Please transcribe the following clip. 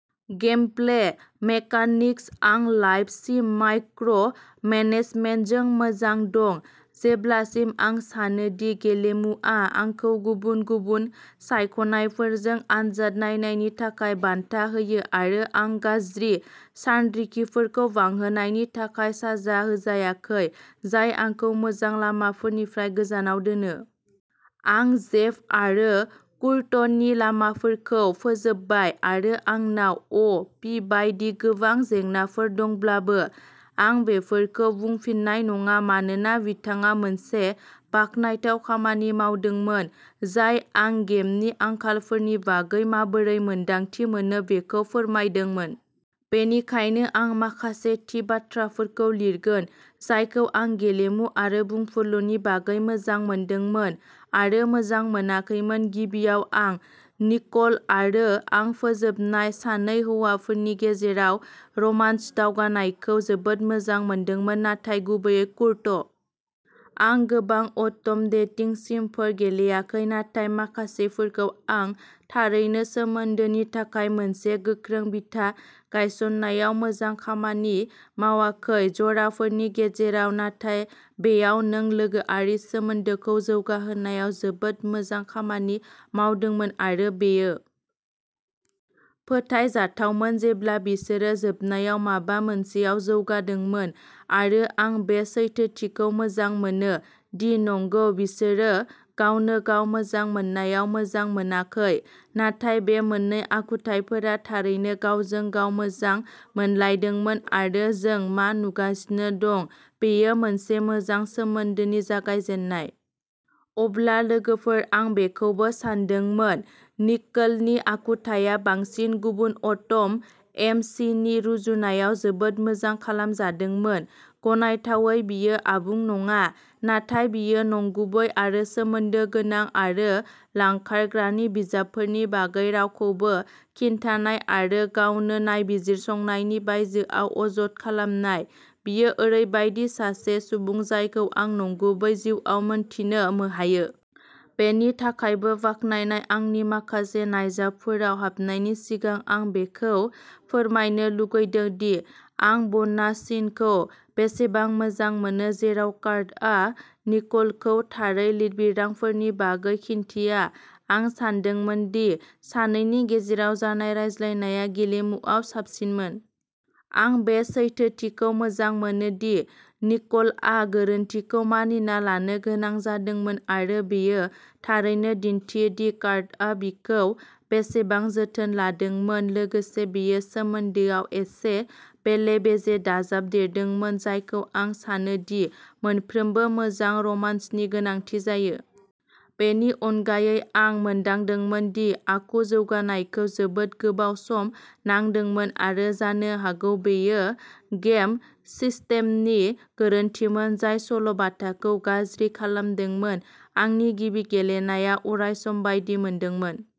Gameplay mechanics आं life sim micro' मेनेजमेन्टजों मोजां दं जेब्लासिम आं सानो दि गेलेमुआ आंखौ गुबुन गुबुन सायख'नायफोरजों आनजाद नायनायनि थाखाय बान्था होयो आरो आं गाज्रि सानरिखिफोरखौ बांहोनायनि थाखाय साजा होजायाखै जाय आंखौ मोजां लामाफोरनिफ्राय गोजानाव दोनो। आं जेफ आरो कुर्टनि लामाफोरखौ फोजोबबाय आरो आंनाव अ पि बायदि गोबां जेंनाफोर दंब्लाबो आं बेफोरखौ बुंफिननाय नङा मानोना बिथाङा मोनसे बाखनायथाव खामानि मावदोंमोन जाय आं गेमनि आंखालफोरनि बागै माबोरै मोन्दांथि मोनो बेखौ फोरमायदोंमोन। बेनिखायनो आं माखासे थि बाथ्राफोरखौ लिरगोन जायखौ आं गेलेमु आरो बुंफुरलुनि बागै मोजां मोनदोंमोन आरो मोजां मोनाखैमोन। गिबियाव आं निक'ल आरो आं फोजोबनाय सानै हौवाफोरनि गेजेराव रमान्स दावगानायखौ जोबोद मोजां मोनदोंमोन, नाथाय गुबैयै कुर्ट। आं गोबां अट'म डेटिं सिमफोर गेलेयाखै, नाथाय माखासेफोरखौ आं थारैनो सोमोन्दोनि थाखाय मोनसे गोख्रों बिथा गायसननायाव मोजां खामानि मावाखै जराफोरनि गेजेराव। नाथाय बेयाव नों लोगोआरि सोमोन्दोखौ जौगाहोनायाव जोबोद मोजां खामानि मावदोंमोन आरो बेयो फोथायजाथावमोन जेब्ला बिसोरो जोबनायाव माबा मोनसेयाव जौगादोंमोन आरो आं बे सैथोथिखौ मोजां मोनो दि नंगौ। बिसोरो गावनो गाव मोजां मोननायाव मोजां मोनाखै नाथाय बे मोन्नै आखुथाइफोरा थारैनो गावजों गाव मोजां मोनलायदोंमोन आरो जों मा नुगासिनो दं बेयो मोनसे मोजां सोमोन्दोनि जागायजेन्नाय। अब्ला लोगोफोर आं बेखौबो सानदोंमोन निकोलनि आखुथाया बांसिन गुबुन अट'म एम सि नि रुजुनायाव जोबोद मोजां खालामजादोंमोन। गनायथावै बियो आबुं नङा, नाथाय बियो नंगुबै आरो सोमोन्दो गोनां आरो लांखारग्रानि बिजाबफोरनि बागै रावखौबो खिन्थानाय आरो गावनो नायबिजिरसंनायनि बायजोआव अजद खालामनाय, बियो ओरैबायदि सासे सुबुं जायखौ आं नंगुबै जिउआव मिन्थिनो हायो। बेनि थाखायबो बाख्नायनाय आंनि माखासे नायजाबफोराव हाबनायनि सिगां आं बेखौ फोरमायनो लुगैदोंमोन दि आं ब'नास सिनखौ बेसेबां मोजां मोनो जेराव कार्टआ निक'लखौ थारै लिरबिदांफोरनि बागै खिन्थिया। आं सानदोंमोन दि सानैनि गेजेराव जानाय रायज्लायनाया गेलेमुआव साबसिनमोन। आं बे सैथोथिखौ मोजां मोनो दि निक'लआ गोरोन्थिखौ मानिना लानो गोनां जादोंमोन आरो बेयो थारैनो दिन्थियो दि कार्टआ बिखौ बेसेबां जोथोन लादोंमोन। लोगोसे बेयो सोमोन्दोआव एसे बेले-बेजे दाजाबदेरदोंमोन जायखौ आं सानो दि मोनफ्रोमबो मोजां रमान्सनि गोनांथि जायो। बेनि अनगायै आं मोनदांदोंमोन दि आखु जौगानायखौ जोबोद गोबाव सम नांदोंमोन आरो जानो हागौ बेयो गेम सिस्टेमनि गोरोन्थिमोन जाय सल'बाथाखौ गाज्रि खालामदोंमोन। आंनि गिबि गेलेनाया अरायसम बायदि मोनदोंमोन।